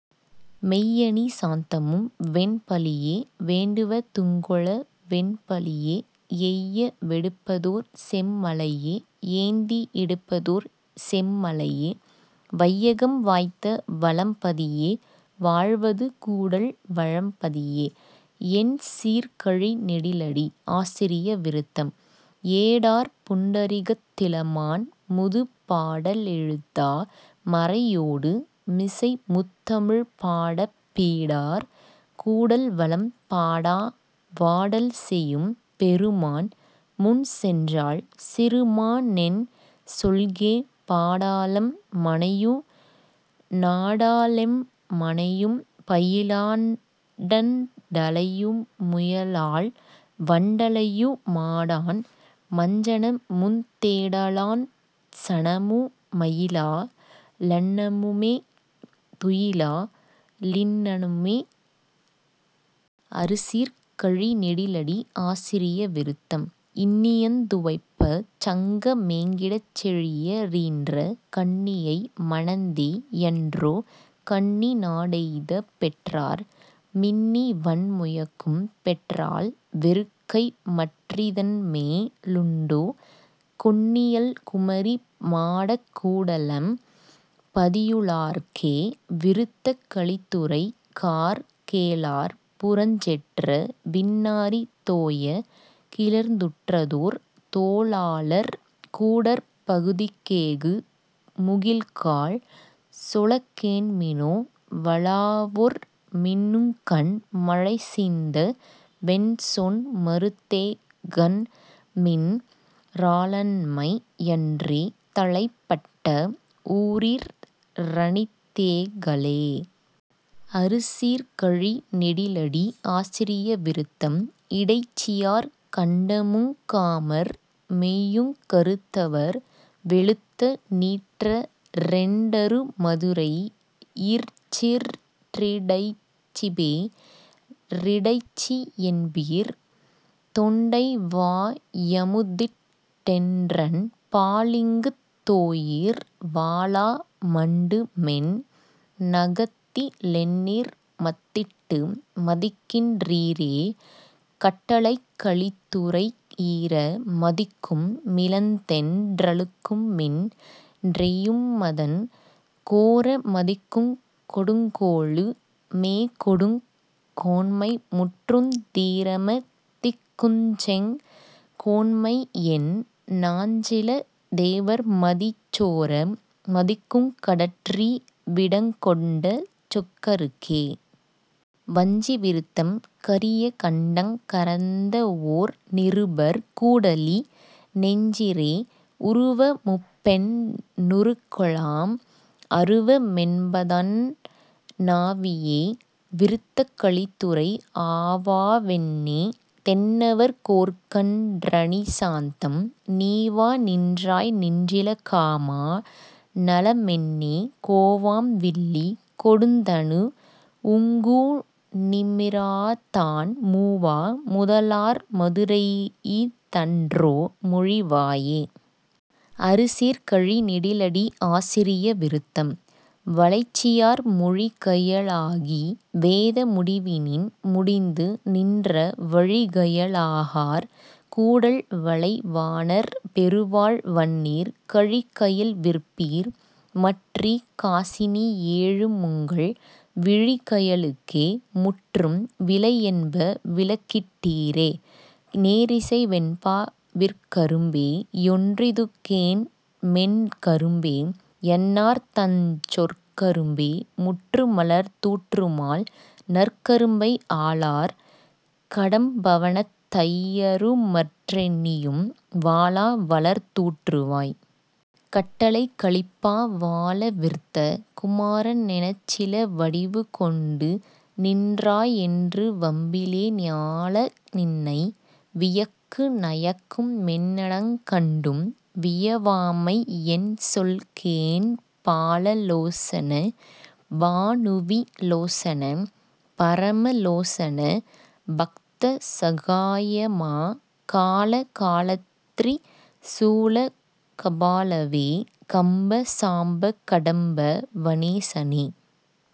மெய்யணி சாந்தமும் வெண்பலியே வேண்டுவ துங்கொள வெண்பலியே எய்ய வெடுப்பதோர் செம்மலையே யேந்தி யெடுப்பதோர் செம்மலையே வையகம் வாய்த்த வளம்பதியே வாழ்வது கூடல் வளம்பதியே. எண்சீர்க் கழிநெடிலடி ஆசிரிய விருத்தம் ஏடார் புண்டரிகத் திளமான் முதுபாட லெழுதா மறையோடு மிசைமுத் தமிழ்பாடப் பீடார் கூடல்வளம் பாடா வாடல்செயும் பெருமான் முன்சென்றாள் சிறுமா னென்சொல்கே பாடா ளம்மனையு நாடா ளெம்மனையும் பயிலா டண்டலையு முயலாள் வண்டலையு மாடாண் மஞ்சனமுந் தேடளாஞ்சனமு மயிலா ளன்னமுமே துயிலா ளின்னனமுமே. அறுசீர்க் கழிநெடிலடி ஆசிரிய விருத்தம் இன்னியந் துவைப்பச் சங்க மேங்கிடச் செழிய ரீன்ற கன்னியை மணந்தே யன்றோ கன்னிநா டெய்தப் பெற்றார் மின்னிவண் முயக்கும் பெற்றால் வெறுக்கைமற் றிதன்மே லுண்டோ கொன்னியல் குமரி மாடக் கூடலம் பதியு ளார்க்கே. விருத்தக் கலித்துறை கார் கேளார் புரஞ்செற்ற வின்னாரிதோயக் கிளர்ந்துற்றதோர் தோளாளர் கூடற் பதிக்கேகு முகில்காள் சொலக்கேண்மினோ வாளாவொர் மின்னுங்கண் மழைசிந்த வென்சொன் மறுத்தேகன்மின் றாளண்மை யன்றே தளைப்பட்ட வூரிற் றனித்தேகலே. அறுசீர்க் கழிநெடிலடி ஆசிரிய விருத்தம் இடைச்சியார் கண்டமுங் காமர் மெய்யுங் கறுத்தவர் வெளுத்த நீற்ற ரெண்டரு மதுரை யிற்சிற் றிடைச்சிபே ரிடைச்சி யென்பீர் தொண்டைவா யமுதிட் டென்றன் பாலிங்குத் தோயீர் வாளா மண்டுமென் னகத்தி லென்னீர் மத்திட்டு மதிக்கின் றீரே. கட்டளைக் கலித்துறை ஈர மதிக்கும் மிளந்தென் றலுக்குமின் றெய்யுமதன் கோர மதிக்குங் கொடுங்கோலு மேகொடுங் கோன்மைமுற்றுந் தீரம திக்குஞ்செங் கோன்மையென் னாஞ்சில தேவர்மதி சோர மதிக்குங் கடற்றீ விடங்கொண்ட சொக்கருக்கே. வஞ்சி விருத்தம் கரிய கண்டங் கரந்தவோர் நிருபர் கூடலி னெஞ்சிரே உருவ முப்பெண் ணுருக்கொலாம் அருவ மென்பதென் னாவியே. விருத்தக் கலித்துறை ஆவா வென்னே தென்னவர் கோற்கன் றணிசாந்தம் நீவா நின்றாய் நின்றில காமா னலமென்னே கோவாம் வில்லி கொடுந்தனு வுங்கூ னிமிராதான் மூவா முதலார் மதுரையி தன்றோ மொழிவாயே. அறுசீர்க் கழிநெடிலடி ஆசிரிய விருத்தம் வலைச்சியார் மொழிக்கய லாகி வேத முடிவினின் முடிந்து நின்ற வழிகய லாகார் கூடல் வலைவாணர் பெருவாழ் வன்னீர் கழிக்கயல் விற்பீர் மற்றிக் காசினி யேழு முங்கள் விழிக்கய லுக்கே முற்றும் விலையென்ப விளக்கிட் டீரே. நேரிசை வெண்பா விற்கரும்பே யொன்றிதுகேண் மென்கரும்பே யன்னார்தஞ் சொற்கரும்பே முற்றுமலர் தூற்றுமால் நற்கரும்பை ஆளார் கடம்பவனத் தையருமற் றென்னீயும் வாளா வலர்தூற்று வாய். கட்டளைக் கலிப்பா வால விர்த்த குமார னெனச்சில வடிவு கொண்டுநின் றாயென்று வம்பிலே ஞால நின்னை வியக்கு நயக்குமென் னடங் கண்டும் வியவாமை யென்சொல்கேன் பால லோசன பாநுவி லோசன பரம லோசன பக்த சகாயமா கால காலத்ரி சூல கபாலவே கம்ப சாம்ப கடம்ப வனேசனே.